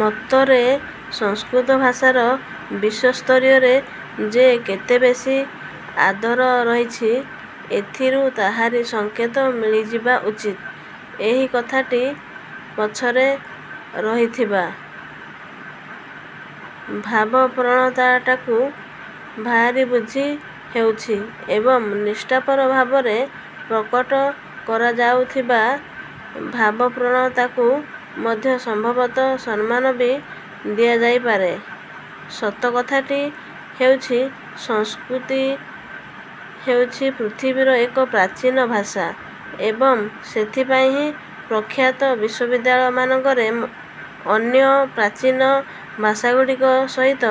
ମତରେ, ସଂସ୍କୃତ ଭାଷାର ବିଶ୍ୱସ୍ତରରେ ଯେ କେତେବେଶୀ ଆଦର ରହିଛି, ଏଥିରୁ ତାହାରି ସଙ୍କେତ ମିଳିଯିବା ଉଚିତ। ଏହି କଥାଟି ପଛରେ ରହିଥିବା ଭାବପ୍ରବଣତାଟାକୁ ଭାରି ବୁଝି ହେଉଛି ଏବଂ ନିଷ୍ଠାପର ଭାବରେ ପ୍ରକଟ କରାଯାଉଥିବା ଭାବପ୍ରବଣତାକୁ ମଧ୍ୟ ସମ୍ଭବତଃ ସମ୍ମାନ ବି ଦିଆଯାଇପାରେ। ସତ କଥାଟି ହେଉଛି, ସଂସ୍କୃତି ହେଉଛି ପୃଥିବୀର ଏକ ପ୍ରାଚୀନ ଭାଷା ଏବଂ, ସେଥିପାଇଁ ହିଁ ପ୍ରଖ୍ୟାତ ବିଶ୍ୱବିଦ୍ୟାଳୟ ମାନଙ୍କରେ ଅନ୍ୟ ପ୍ରାଚୀନ ଭାଷାଗୁଡ଼ିକ ସହିତ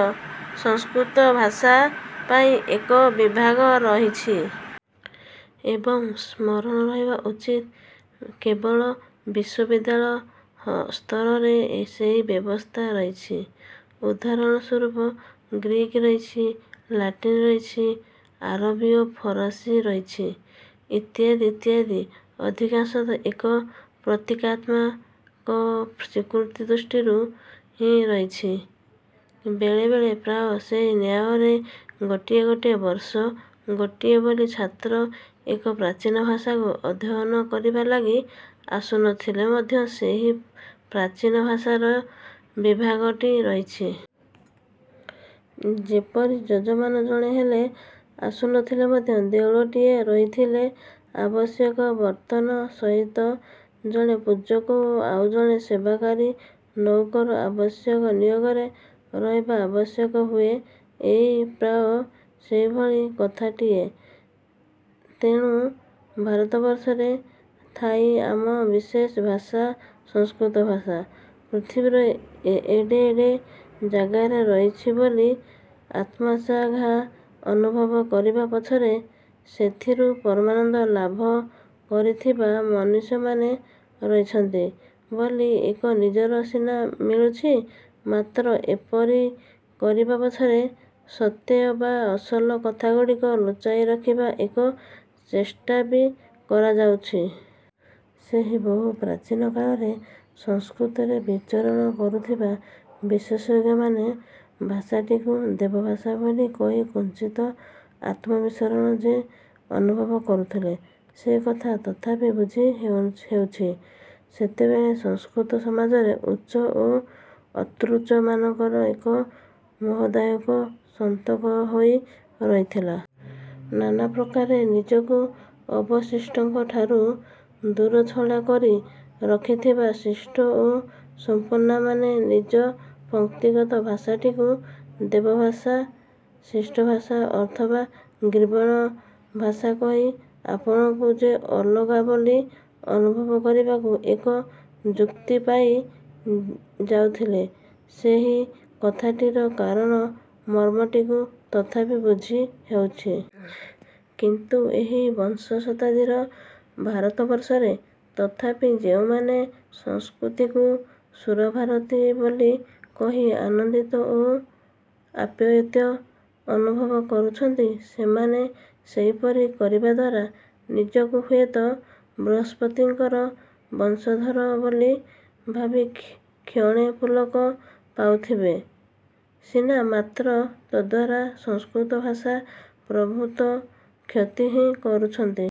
ସଂସ୍କୃତ ଭାଷା ପାଇଁ ଏକ ବିଭାଗ ରହିଛି। ଏବଂ, ସ୍ମରଣ ରହିବା ଉଚିତ, କେବଳ ବିଶ୍ଵବିଦ୍ୟାଳୟ ସ୍ତରରେ ସେହି ବ୍ୟବସ୍ଥା ରହିଛି। ଉଦାହରଣ ସ୍ଵରୂପ, ଗ୍ରୀକ୍ ରହିଛି, ଲାଟିନ୍ ରହିଛି, ଆରବୀ ଓ ଫରାସୀ ରହିଛି, ଇତ୍ୟାଦି, ଇତ୍ୟାଦି। ଅଧିକାଂଶତଃ ଏକ ପ୍ରତୀକାତ୍ମକ ସ୍ୱୀକୃତି ଦୃଷ୍ଟିରୁ ହିଁ ରହିଛି। ବେଳେ ବେଳେ, ପ୍ରାୟ ସେହି ନ୍ୟାୟରେ, ଗୋଟାଏ ଗୋଟାଏ ବର୍ଷ ଗୋଟିଏ ବୋଲି ଛାତ୍ର ଏକ ପ୍ରାଚୀନ ଭାଷାକୁ ଅଧ୍ୟୟନ କରିବା ଲାଗି ଆସୁନଥିଲେ ମଧ୍ୟ ସେହି ପ୍ରାଚୀନ ଭାଷାର ବିଭାଗଟି ରହିଛି। ଯେପରି, ଯଜମାନ ଜଣେ ହେଲେ ଆସୁନଥିଲେ ମଧ୍ୟ ଦେଉଳଟିଏ ରହିଥିଲେ ଆବଶ୍ୟକ ବର୍ତ୍ତନ ସହିତ ଜଣେ ପୂଜକ ଓ ଆଉ ଜଣେ ସେବାକାରୀ ନଉକର ଅବଶ୍ୟ ନିୟୋଗରେ ରହିବା ଆବଶ୍ୟକ ହୁଏ, ଇଏ ପ୍ରାୟ ସେହିଭଳି କଥାଟିଏ। ତେଣୁ, ଭାରତବର୍ଷରେ ଥାଇ ଆମ ବିଶେଷ ଭାଷା ସଂସ୍କୃତ ଭାଷା ପୃଥିବୀର ଏଡ଼େ ଏଡ଼େ ଜାଗାରେ ରହିଛି ବୋଲି ଆତ୍ମଶ୍ଳାଘା ଅନୁଭବ କରିବା ପଛରେ ସେଥିରୁ ପରମାନନ୍ଦ ଲାଭ କରିଥିବା ମନୁଷ୍ୟମାନେ ରହିଛନ୍ତି ବୋଲି ଏକ ନଜିର ସିନା ମିଳୁଛି, ମାତ୍ର ଏପରି କହିବା ପଛରେ ସତେ ଅବା ଅସଲ କଥାଗୁଡ଼ାକୁ ଲୁଚାଇ ରଖିବାର ଏକ ଚେଷ୍ଟା ବି କରାଯାଉଛି। ସେହି ବହୁ ପ୍ରାଚୀନ କାଳରେ ସଂସ୍କୃତରେ ବିଚରଣ କରୁଥିବା ବିଶେଷଜ୍ଞମାନେ ଭାଷାଟିକୁ ଦେବଭାଷା ବୋଲି କହି କିଞ୍ଚିତ୍ ଆତ୍ମବିସ୍ଫୋରଣ ଯେ ଅନୁଭବ କରୁଥିଲେ, ସେ କଥା ତଥାପି ବୁଝି ହେଉଛି। ସେତେବେଳେ ସଂସ୍କୃତ ସମାଜରେ ଉଚ୍ଚ ଓ ଅତ୍ୟୁଚ୍ଚମାନଙ୍କର ଏକ ମୋହଦାୟକ ସନ୍ତକ ହୋଇ ରହିଥିଲା। ନାନା ପ୍ରକାରେ ନିଜକୁ ଅବଶିଷ୍ଟଙ୍କଠାରୁ ଦୂରଛଡ଼ା କରି ରଖିଥିବା ଶିଷ୍ଟ ଓ ସମ୍ପନ୍ନମାନେ ନିଜ ପଂକ୍ତିଗତ ଭାଷାଟିକୁ ଦେବଭାଷା, ଶିଷ୍ଟ ଭାଷା ଅଥବା ଗୀର୍ବାଣ ଭାଷା କହି ଆପଣାକୁ ଯେ ଅଲଗା ବୋଲି ଅନୁଭବ କରିବାକୁ ଏକ ଯୁକ୍ତି ପାଇ ଯାଉଥିଲେ, ସେହି କଥାଟିର କାରଣ- ମର୍ମଟିକୁ ତଥାପି ବୁଝି ହେଉଛି। କିନ୍ତୁ, ଏହି ବିଂଶ ଶତାବ୍ଦୀର ଭାରତବର୍ଷରେ ତଥାପି ଯେଉଁମାନେ ସଂସ୍କୃତିକୁ ସୁରଭାରତୀ ବୋଲି କହି ଆନନ୍ଦିତ ଓ ଆପ୍ୟାୟିତ ଅନୁଭବ କରୁଛନ୍ତି, ସେମାନେ ସେପରି କରିବା ଦ୍ଵାରା ନିଜକୁ ହୁଏତ ବୃହସ୍ପତିଙ୍କର ବଂଶଧର ବୋଲି ଭାବି କ୍ଷଣେ ପୁଲକ ପାଉଥିବେ ସିନା, ମାତ୍ର ତଦ୍ଦ୍ୱାରା ସଂସ୍କୃତ ଭାଷାର ପ୍ରଭୂତ କ୍ଷତି ହିଁ କରୁଛନ୍ତି।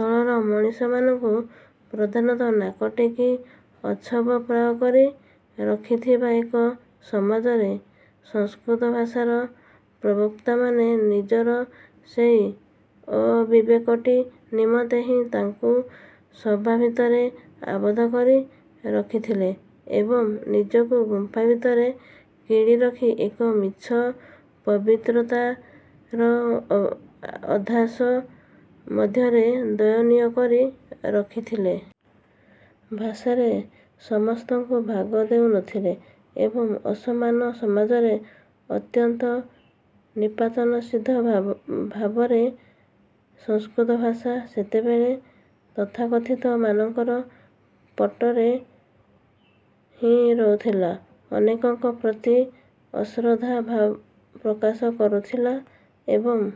ତଳର ମଣିଷମାନଙ୍କୁ ପ୍ରଧାନତଃ ନାକଟେକି ଅଚ୍ଛବ ପ୍ରାୟ କରି ରଖିଥିବା ଏକ ସମାଜରେ ସଂସ୍କୃତ ଭାଷାର ପ୍ରବକ୍ତାମାନେ ନିଜର ସେହି ଅବିବେକଟି ନିମନ୍ତେ ହିଁ ତାହାକୁ ସଭା ଭିତରେ ଆବଦ୍ଧ କରି ରଖିଥିଲେ ଏବଂ ନିଜକୁ ଗୁମ୍ଫା ଭିତରେ କିଳି ରଖି ଏକ ମିଛ ପବିତ୍ରତାର ଅଧ୍ୟାସ ମଧ୍ୟରେ ଦୟନୀୟ କରି ରଖିଥିଲେ। ଭାଷାରେ ସମସ୍ତଙ୍କୁ ଭାଗ ଦେଉନଥିଲେ। ଏକ ଅସମାନ ସମାଜରେ ଅତ୍ୟନ୍ତ ନିପାତନସିଦ୍ଧ ଭାବରେ ସଂସ୍କୃତ ଭାଷା ସେତେବେଳେ ତଥାକଥିତ ମାନଙ୍କର ପଟରେ ହିଁ ରହିଥିଲା,- ଅନେକଙ୍କ ପ୍ରତି ଅଶ୍ରଦ୍ଧା ପ୍ରକାଶ କରୁଥିଲା। ଏବଂ,